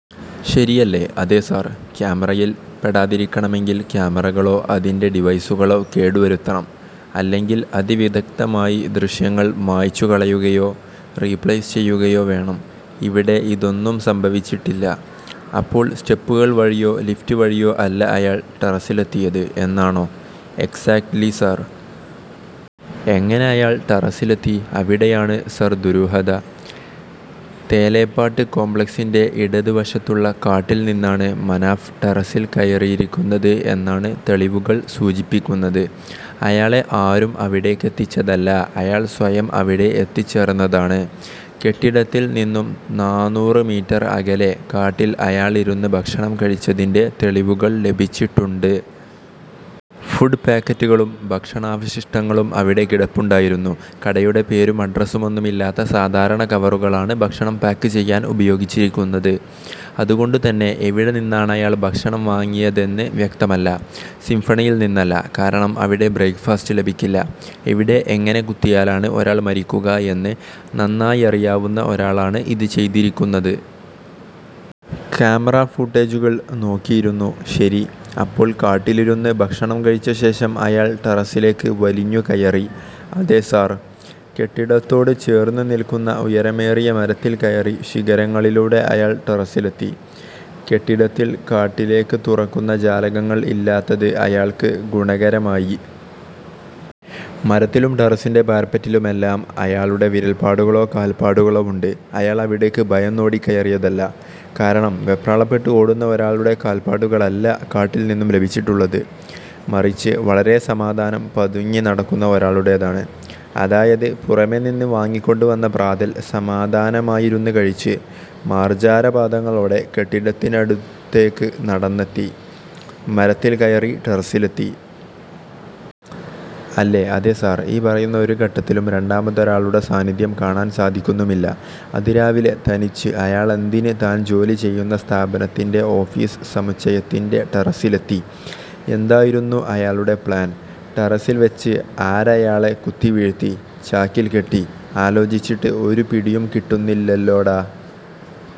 ശരിയല്ലേ? " "അതെ സർ. ക്യാമറയിൽ പെടാതിരിക്കണമെങ്കിൽ ക്യാമറകളോ അതിന്റെ ഡിവൈസുകളോ കേടു വരുത്തണം. അല്ലെങ്കിൽ അതിവിദഗ്ധമായി ദൃശ്യങ്ങൾ മായ്ച്ചു കളയുകയോ, റീപ്ലേസ് ചെയ്യുകയോ വേണം. ഇവിടെ ഇതൊന്നും സംഭവിച്ചിട്ടില്ല. " "അപ്പോൾ സ്റ്റെപ്പുകൾ വഴിയോ ലിഫ്റ്റ് വഴിയോ അല്ല അയാൾ ടെറസിലെത്തിയത് എന്നാണോ...? " "എക്സാക്റ്റ്ലി സർ...! " "എങ്ങനെ അയാൾ ടെറസിലെത്തി? " "അവിടെയാണ് സർ ദുരൂഹത. 'തേലേപ്പാട്ട് കോംപ്ലക്സി'ന്റെ ഇടത് വശത്തുള്ള കാട്ടിൽ നിന്നാണ് മനാഫ് ടെറസിൽ കയറിയിരിക്കുന്നത് എന്നാണ് തെളിവുകൾ സൂചിപ്പിക്കുന്നത്. അയാളെ ആരും അവിടേക്കെത്തിച്ചതല്ല. അയാൾ സ്വയം അവിടെ എത്തിച്ചേർന്നതാണ്. കെട്ടിടത്തിൽ നിന്നും നാനൂറ് മീറ്റർ അകലെ കാട്ടിൽ അയാളിരുന്ന് ഭക്ഷണം കഴിച്ചതിന്റെ തെളിവുകൾ ലഭിച്ചിട്ടുണ്ട്. ഫുഡ് പാക്കറ്റുകളും, ഭക്ഷണാവശിഷ്ടങ്ങളും അവിടെ കിടപ്പുണ്ടായിരുന്നു. കടയുടെ പേരും അഡ്രസുമൊന്നുമില്ലാത്ത സാധാരണ കവറുകളാണ് ഭക്ഷണം പാക്ക് ചെയ്യാൻ ഉപയോഗിച്ചിരിക്കുന്നത്. അതുകൊണ്ടു തന്നെ എവിടെ നിന്നാണയാൾ ഭക്ഷണം വാങ്ങിയതെന്ന് വ്യക്തമല്ല. സിംഫണിയിൽ നിന്നല്ല. കാരണം അവിടെ ബ്രേക്ക് ഫാസ്റ്റ് ലഭിക്കില്ല. " 'എവിടെ, എങ്ങനെ കുത്തിയാലാണ് ഒരാൾ മരിക്കുക എന്ന് നന്നായറിയാവുന്ന ഒരാളാണ് ഇത് ചെയ്തിരിക്കുന്നത്... ക്യാമറാ ഫൂട്ടേജുകൾ നോക്കിയിരുന്നു. " "ശരി. അപ്പോൾ കാട്ടിലിരുന്ന് ഭക്ഷണം കഴിച്ച ശേഷം അയാൾ ടെറസിലേക്ക് വലിഞ്ഞു കയറി. " "അതെ സർ. കെട്ടിടത്തോട് ചേർന്ന് നിൽക്കുന്ന ഉയരമേറിയ മരത്തിൽ കയറി ശിഖരങ്ങളിലൂടെ അയാൾ ടെറസിലെത്തി. കെട്ടിടത്തിൽ കാട്ടിലേക്ക് തുറക്കുന്ന ജാലകങ്ങൾ ഇല്ലാത്തത് അയാൾക്ക് ഗുണകരമായി. മരത്തിലും ടെറസിന്റെ പാരപ്പറ്റിലുമെല്ലാം അയാളുടെ വിരൽപ്പാടുകളോ കാൽപ്പാടുകളോ ഉണ്ട്. അയാൾ അവിടേക്ക് ഭയന്നോടിക്കയറിയതല്ല. കാരണം വെപ്രാളപ്പെട്ട് ഓടുന്ന ഒരാളുടെ കാൽപ്പാടുകളല്ല കാട്ടിൽ നിന്നും ലഭിച്ചിട്ടുള്ളത്. മറിച്ച് വളരെ സാവധാനം പതുങ്ങി നടക്കുന്ന ഒരാളുടേതാണ്. " "അതായത് പുറമേ നിന്ന് വാങ്ങിക്കൊണ്ട് വന്ന പ്രാതൽ സമാധാനമായിരുന്ന് കഴിച്ച്, മാർജാര പാദങ്ങളോടെ കെട്ടിടത്തിനടുത്തേക്ക് നടന്നെത്തി, മരത്തിൽ കയറി ടെറസിലെത്തി. അല്ലേ? " "അതെ സർ. ഈ പറയുന്ന ഒരു ഘട്ടത്തിലും രണ്ടാമതൊരാളുടെ സാന്നിധ്യം കാണാൻ സാധിക്കുന്നുമില്ല. " "അതിരാവിലെ, തനിച്ച് അയാളെന്തിന് താൻ ജോലി ചെയ്യുന്ന സ്ഥാപനത്തിന്റെ ഓഫീസ് സമുച്ചയത്തിന്റെ ടെറസിലെത്തി? എന്തായിരുന്നു അയാളുടെ പ്ലാൻ? ടെറസിൽ വെച്ച് ആരയാളെ കുത്തി വീഴ്ത്തി? ചാക്കിൽക്കെട്ടി? ആലോചിച്ചിട്ട് ഒരു പിടിയും കിട്ടുന്നില്ലല്ലോടോ...